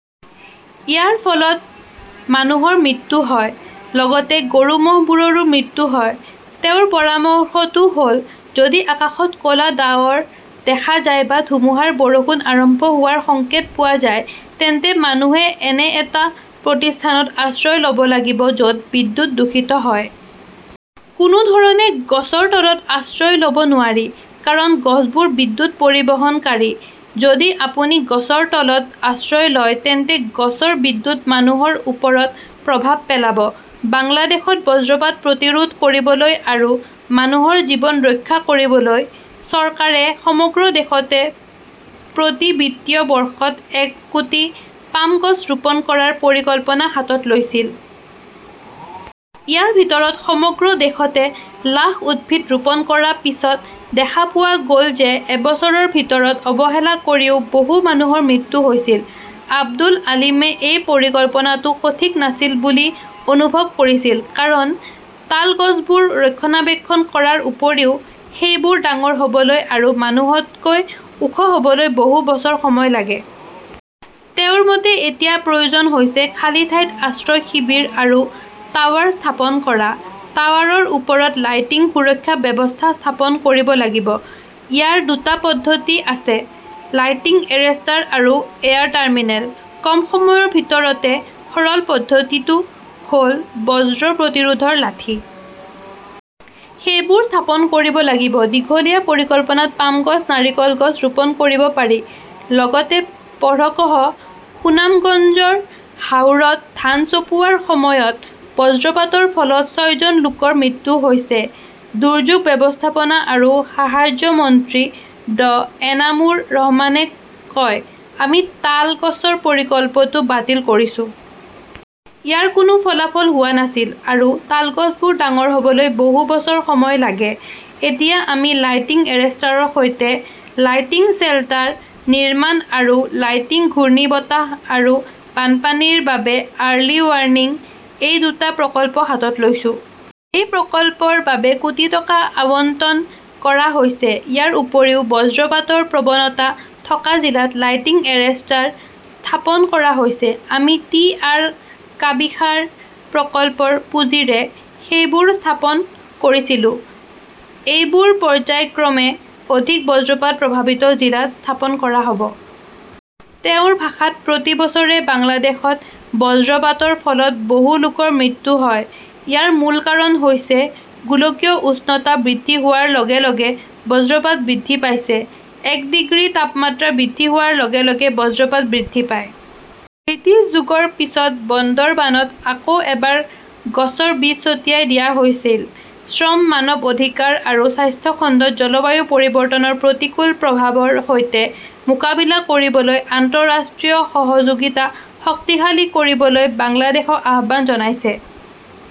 ইয়াৰ ফলত মানুহৰ মৃত্যু হয়, লগতে গৰু-ম'হবোৰৰো মৃত্যু হয়। "তেওঁৰ পৰামৰ্শটো হ'ল ", যদি আকাশত ক'লা ডাৱৰ দেখা যায় বা ধুমুহাৰ বৰষুণ আৰম্ভ হোৱাৰ সংকেত পোৱা যায়, তেন্তে মানুহে এনে এটা প্ৰতিষ্ঠানত আশ্ৰয় ল'ব লাগিব য'ত বিদ্যুৎ দূষিত হয়। কোনো ধৰণে গছৰ তলত আশ্ৰয় ল'ব নোৱাৰি। কাৰণ গছবোৰ বিদ্যুৎ পৰিবহণকাৰী। যদি আপুনি গছৰ তলত আশ্ৰয় লয় তেন্তে গছৰ বিদ্যুৎ মানুহৰ ওপৰত প্ৰভাৱ পেলাব। "বাংলাদেশত বজ্ৰপাত প্ৰতিৰোধ কৰিবলৈ আৰু মানুহৰ জীৱন ৰক্ষা কৰিবলৈ চৰকাৰে সমগ্ৰ দেশতে প্ৰতি বিত্তীয় বৰ্ষত এক কোটি পাম গছ ৰোপণ কৰাৰ পৰিকল্পনা হাতত লৈছিল।" ইয়াৰ ভিতৰত, সমগ্ৰ দেশতে লাখ উদ্ভিদ ৰোপণ কৰাৰ পিছত দেখা পোৱা গ'ল যে এবছৰৰ ভিতৰত অৱহেলা কৰিও বহু মানুহৰ মৃত্যু হৈছিল। আব্দুল আলিমে এই পৰিকল্পনাটো সঠিক নাছিল বুলি অনুভৱ কৰিছিল। কাৰণ তাল গছবোৰ ৰক্ষণাবেক্ষণ কৰাৰ উপৰিও সেইবোৰ ডাঙৰ হ'বলৈ আৰু মানুহতকৈ ওখ হ'বলৈ বহু বছৰ সময় লাগে। তেওঁৰ মতে এতিয়া প্ৰয়োজন হৈছে, "খালী ঠাইত আশ্ৰয় শিবিৰ আৰু টাৱাৰ স্থাপন কৰা। টাৱাৰৰ ওপৰত লাইটিং সুৰক্ষা ব্যৱস্থা স্থাপন কৰিব লাগিব। ইয়াৰ দুটা পদ্ধতি আছে লাইটিং এৰেষ্টাৰ আৰু এয়াৰ টাৰ্মিনেল। কম সময়ৰ ভিতৰতে সৰল পদ্ধতিটো হ'ল বজ্ৰ প্ৰতিৰোধৰ লাঠি। সেইবোৰ স্থাপন কৰিব লাগিব। দীঘলীয়া পৰিকল্পনাত পাম গছ, নাৰিকল গছ ৰোপণ কৰিব পাৰি। লগতে পঢ়কঃ সুনামগঞ্জৰ হাওৰাত ধান চপোৱাৰ সময়ত বজ্ৰপাতৰ ফলত ছয়জন লোকৰ মৃত্যু হৈছে, দুৰ্যোগ ব্যৱস্থাপনা আৰু সাহায্য মন্ত্ৰী ড. এনামুৰ ৰহমানে কয়, "আমি তাল গছৰ প্ৰকল্পটো বাতিল কৰিছো। ইয়াৰ কোনো ফলাফল হোৱা নাছিল আৰু তাল গছবোৰ ডাঙৰ হ'বলৈ বহু বছৰ সময় লাগে। এতিয়া আমি লাইটিং এৰেষ্টাৰৰ সৈতে লাইটিং শ্বেল্টাৰ নিৰ্মাণ আৰু লাইটিং, ঘূৰ্ণীবতাহ আৰু বানপানীৰ বাবে আৰ্লি ৱাৰ্ণিং-এই দুটা প্ৰকল্প হাতত লৈছো। এই প্ৰকল্পৰ বাবে কোটি টকা আবণ্টন কৰা হৈছে। ইয়াৰ উপৰিও, বজ্ৰপাতৰ প্ৰৱণতা থকা জিলাত লাইটিং এৰেষ্টাৰ স্থাপন কৰা হৈছে। আমি টি. আৰ. -কাবিখাৰ প্ৰকল্পৰ পুঁজিৰে সেইবোৰ স্থাপন কৰিছিলো। এইবোৰ পৰ্য্যায়ক্ৰমে অধিক বজ্ৰপাত প্ৰভাৱিত জিলাত স্থাপন কৰা হ'ব। "তেওঁৰ ভাষাত," প্ৰতি বছৰে বাংলাদেশত বজ্ৰপাতৰ ফলত বহু লোকৰ মৃত্যু হয়। ইয়াৰ মূল কাৰণ হৈছে গোলকীয় উষ্ণতা বৃদ্ধি হোৱাৰ লগে লগে বজ্ৰপাত বৃদ্ধি পাইছে। এক ডিগ্ৰী তাপমাত্ৰা বৃদ্ধি হোৱাৰ লগে লগে বজ্ৰপাত বৃদ্ধি পায়। " ব্ৰিটিছ যুগৰ পিছত বন্দৰবানত আকৌ এবাৰ গছৰ বীজ ছটিয়াই দিয়া হৈছিল। শ্ৰম, মানৱ অধিকাৰ আৰু স্বাস্থ্য খণ্ডত জলবায়ু পৰিৱৰ্তনৰ প্ৰতিকূল প্ৰভাৱৰ সৈতে মোকাবিলা কৰিবলৈ আন্তঃৰাষ্ট্ৰীয় সহযোগিতা শক্তিশালী কৰিবলৈ বাংলাদেশক আহ্বান জনাইছে।